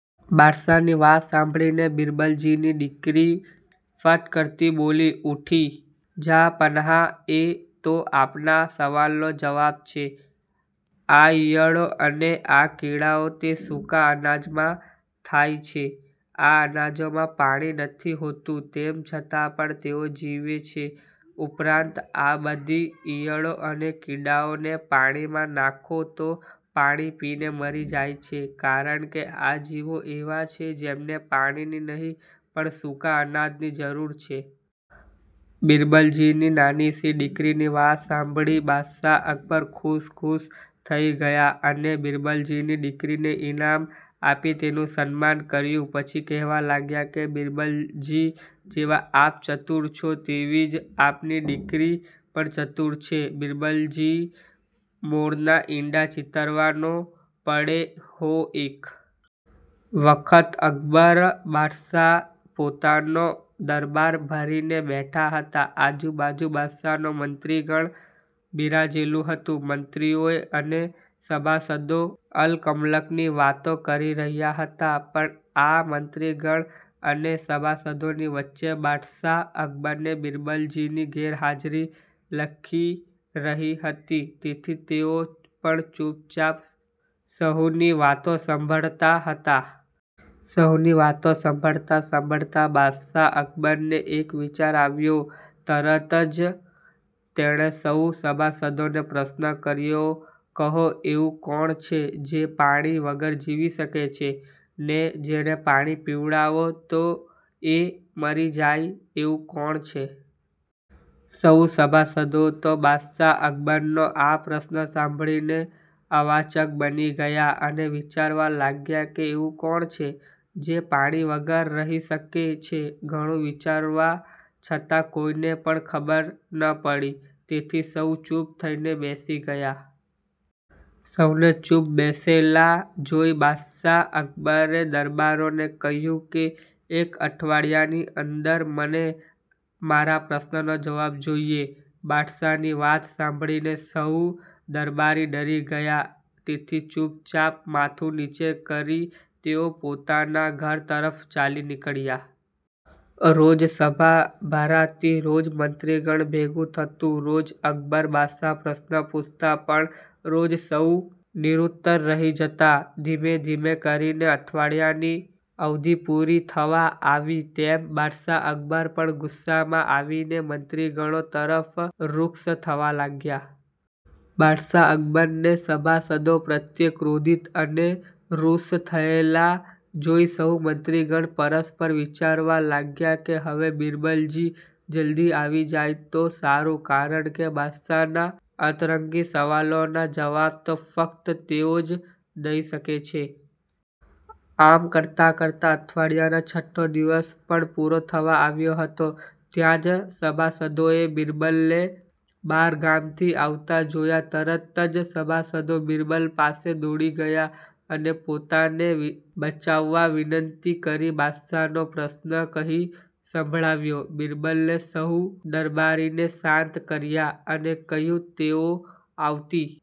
બાદશાહની વાત સાંભળી બિરબલજીની દીકરી ફટ કરતી બોલી ઉઠી જહાંપનાહ એ તો આપના સવાલનો જવાબ છે. આ ઇયળો અને આ કીડા ઓ તે સૂકા અનાજમાં થાય છે આ અનાજમાં પાણી નથી હોતું તેમ છતાં પણ તેઓ જીવે છે ઉપરાંત આ બધી ઇયળો અને કીડાને પાણીમાં નાખો તો પાણી પીને મરી જાય છે કારણ કે આ જીવો એવા છે જેમને પાણીની નહીં પણ સૂકા અનાજની જરૂર છે. બિરબલજીની નાનીશી દીકરીની વાત સાંભળી બાદશાહ અકબર ખુશ ખુશ થઈ ગયાં અને બિરબલજીની દીકરીને ઈનામ આપી તેનું સન્માન કર્યું પછી કહેવા લાગ્યાં કે બિરબલજી જેવા આપ ચતુર છો તેવી જ આપની દીકરી.. પણ ચતુર છે બિરબલજી મોરનાં ઈંડા ચીતરવા નો પડે હો..એક વખત અકબર બાદશાહ પોતાનો દરબાર ભરીને બેઠા હતા. આજુબાજુ બાદશાહનું મંત્રીગણ બિરાજેલું હતું. મંત્રીઓ અને સભાસદો અલકમલકની વાતો કરી રહ્યાં હતાં. પણ આ મંત્રીગણ અને સભાસદોની વચ્ચે બાદશાહ અકબરને બિરબલની ગેરહાજરી ખલી રહી હતી તેથી તેઓ પણ ચૂપચાપ સહુની વાતો સાંભળતાં હતાં. સહુની વાતો સાંભળતાં સાંભળતાં બાદશાહ અકબરને એક વિચાર આવ્યો. તરત જ તેણે સૌ સભાસદોને પ્રશ્ન કર્યો કહો એવું કોણ છે જે પાણી વગર જીવી શકે છે ને જેને પાણી પીવડાવો તો એ મરી જાય એવું કોણ છે? સૌ સભાસદો તો બાદશાહ અકબરનો આ પ્રશ્ન સાંભળીને અવાચક બની ગયાં અને વિચારવા લાગ્યા કે એવું કોણ છે જે પાણી વગર રહી શકે છે. ઘણું વિચારવા છતાં કોઈને પણ ખબર ન પડી, તેથી સૌ ચૂપ થઈને બેસી ગયાં. સૌને ચૂપ બેસેલા જોઈ બાદશાહ અકબરે દરબારને કહ્યું કે એક અઠવાડિયાની અંદર મને મારા પ્રશ્નનો જવાબ જોઈએ. બાદશાહની વાત સાંભળીને સહુ દરબારી ડરી ગયાં તેથી ચૂપચાપ માથું નીચે કરી તેઓ પોતાના ઘર તરફ ચાલી નીકળ્યાં. રોજ સભા ભરાતી, રોજ મંત્રીગણ ભેગું થતું, રોજ અકબર બાદશાહ પ્રશ્ન પૂછતા પણ રોજ સૌ નિરુત્તર રહી જતાં. ધીમે ધીમે કરીને અઠવાડીયાની અવધિ પૂરી થવા આવી તેમ બાદશાહ અકબર પણ ગુસ્સામાં આવીને મંત્રીગણો તરફ રૂક્ષ થવા લાગ્યા. બાદશાહ અકબરને સભાસદો પ્રત્યે ક્રોધિત અને રૂક્ષ થયેલા જોઈ સહુ મંત્રીગણ પરસ્પર વિચારવા લાગ્યા કે હવે બિરબલજી જલ્દી આવી જાય તો સારું કારણ કે બાદશાહનાં અંતરંગી સવાલોનાં જવાબ તો ફક્ત તેઓ જ દઈ શકે છે. આમ કરતાં કરતાં અઠવાડીયાનાં છઠ્ઠો દિવસ પણ પૂરો થવા આવ્યો હતો ત્યાં જ સભાસદોએ બિરબલને બહારગામથી આવતા જોયા તરત જ સભાસદો બિરબલ પાસે દોડી ગયાં અને પોતાને બચાવવા વિનંતી કરી બાદશાહનો પ્રશ્ન કહી સંભળાવ્યો. બિરબલે સહુ દરબારીને શાંત કર્યા અને કહ્યું તેઓ આવતી